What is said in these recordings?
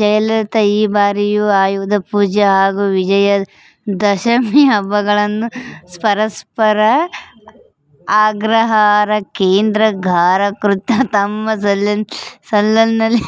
ಜಯಲಲಿತಾ ಈ ಬಾರಿಯ ಆಯುಧಪೂಜೆ ಹಾಗೂ ವಿಜಯದಶಮಿ ಹಬ್ಬವನ್ನು ಪರಪ್ಪನ ಅಗ್ರಹಾರ ಕೇಂದ್ರ ಕಾರಾಗೃಹದ ತಮ್ಮ ಸೆಲ್ನಲ್ಲೇ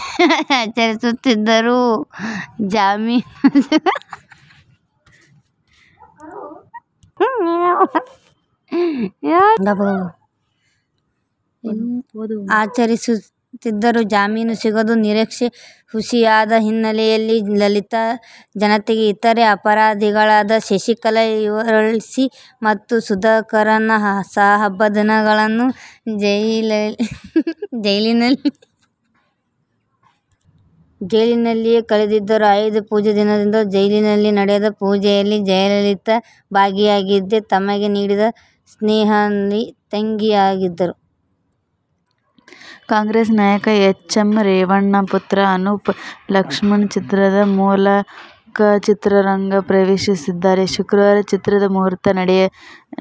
"ಆಚರಿಸಿದರು. 'ಜಾಮೀನು ಸಿಗುವ ನಿರೀಕ್ಷೆ ಹುಸಿಯಾದ ಹಿನ್ನೆಲೆಯಲ್ಲಿ ಜಯಲಲಿತಾ ಜತೆಗೆ ಇತರೆ ಅಪರಾಧಿಗಳಾದ ಶಶಿಕಲಾ, ಇಳವರಸಿ ಮತ್ತು ಸುಧಾಕರನ್ ಸಹ ಹಬ್ಬದ ದಿನವನ್ನು ಜೈಲಿನಲ್ಲಿಯೇ ಕಳೆದರು. ಆಯುಧಪೂಜೆ ದಿನದಂದು ಜೈಲಿನಲ್ಲಿ ನಡೆದ ಪೂಜೆಯಲ್ಲಿ ಜಯಲಲಿತಾ ಭಾಗಿಯಾಗದೆ ತಮಗೆ ನೀಡಿದ ಸೆಲ್ನಲ್ಲಿಯೇ ತಂಗಿದ್ದರು. ಕಾಂಗ್ರೆಸ್ ನಾಯಕ ಎಚ್. ಎಂ. ರೇವಣ್ಣ ಪುತ್ರ ಅನೂಪ್ "ಲಕ್ಷ್ಮಣ' ಚಿತ್ರದ ಮೂಲಕಚಿತ್ರರಂಗ ಪ್ರವೇಶಿಸಿದ್ದಾರೆ. ಶುಕ್ರವಾರ ಚಿತ್ರದ ಮುಹೂರ್ತ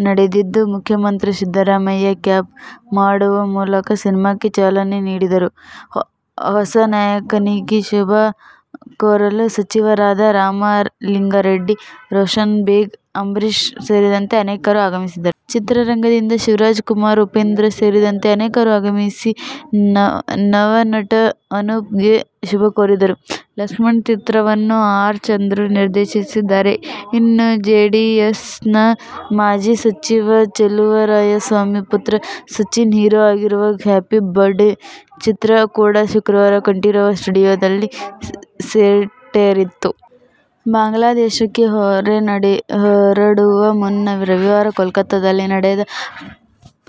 ನಡೆದಿದ್ದು, ಮುಖ್ಯಮಂತ್ರಿ ಸಿದ್ದರಾಮಯ್ಯಕ್ಲಾಪ್ ಮಾಡುವ ಮೂಲಕ ಸಿನಿಮಾಕ್ಕೆ ಚಾಲನೆ ನೀಡಿದರು. ಹೊಸ ನಾಯಕನಿಗೆ ಶುಭ ಕೋರಲು ಸಚಿವರಾದ ರಾಮಲಿಂಗರೆಡ್ಡಿ, ರೋಶನ್ ಬೇಗ್, ಅಂಬರೀಶ್ ಸೇರಿದಂತೆ ಅನೇಕರು ಆಗಮಿಸಿದ್ದರು. ಚಿತ್ರರಂಗದಿಂದ ಶಿವರಾಜ್ ಕುಮಾರ್, ಉಪೇಂದ್ರ ಸೇರಿದಂತೆ ಅನೇಕರು ಆಗಮಿಸಿ ನವ ನಟ ಅನೂಪ್ಗೆ ಶುಭಕೋರಿದರು. "ಲಕ್ಷ್ಮಣ' ಚಿತ್ರವನ್ನು ಆರ್. ಚಂದ್ರು ನಿರ್ದೇಶಿಸುತ್ತಿದ್ದಾರೆ. ಇನ್ನು, ಜೆಡಿಎಸ್ನ ಮಾಜಿ ಸಚಿವ ಚೆಲುವರಾಯಸ್ವಾಮಿ ಪುತ್ರ ಸಚಿನ್ ಹೀರೋ ಆಗಿರುವ "ಹ್ಯಾಪಿ ಬರ್ತ್ಡೇ' ಚಿತ್ರ ಕೂಡಾ ಶುಕ್ರವಾರ ಕಂಠೀರವ ಸ್ಟುಡಿಯೋದಲ್ಲಿ ಸೆಟ್ಟೇರಿತು. ಬಾಂಗ್ಲಾದೇಶಕ್ಕೆ ಹೊರಡುವ ಮುನ್ನ ರವಿವಾರ ಕೋಲ್ಕತಾದಲ್ಲಿ ನಡೆದ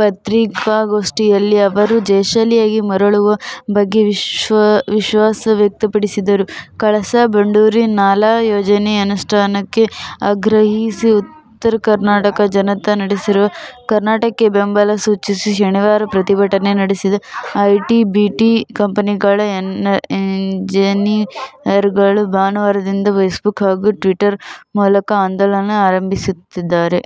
ಪತ್ರಿಕಾಗೋಷ್ಠಿಯಲ್ಲಿ ಅವರು ಜಯಶಾಲಿಯಾಗಿ ಮರಳುವ ಬಗ್ಗೆ ವಿಶ್ವಾಸ ವ್ಯಕ್ತಪಡಿಸಿದರು. ಕಳಸಾ ಬಂಡೂರಿ ನಾಲಾ ಯೋಜನೆ ಅನುಷ್ಠಾನಕ್ಕೆ ಆಗ್ರಹಿಸಿ ಉತ್ತರ ಕರ್ನಾಟಕ ಜನತ ನಡೆಸುತ್ತಿರುವ ಹೋರಾಟಕ್ಕೆ ಬೆಂಗಲ ಸೂಚಿಸಿ ಶನಿವಾರ ಪ್ರತಿಭಟನೆ ನಡೆಸಿದ ಐಟಿ-ಬಿಟಿ ಕಂಪನಿಗಳ ಎಂಜಿನಿಯರ್ಗಳು ಭಾನುವಾರದಿಂದ ಫೇಸ್ಬುಕ್ ಹಾಗೂ ಟ್ವಿಟರ್ ಮೂಲಕ ಆಂದೋಲನ ಆರಂಭಿಸುತ್ತಿದ್ದಾರೆ.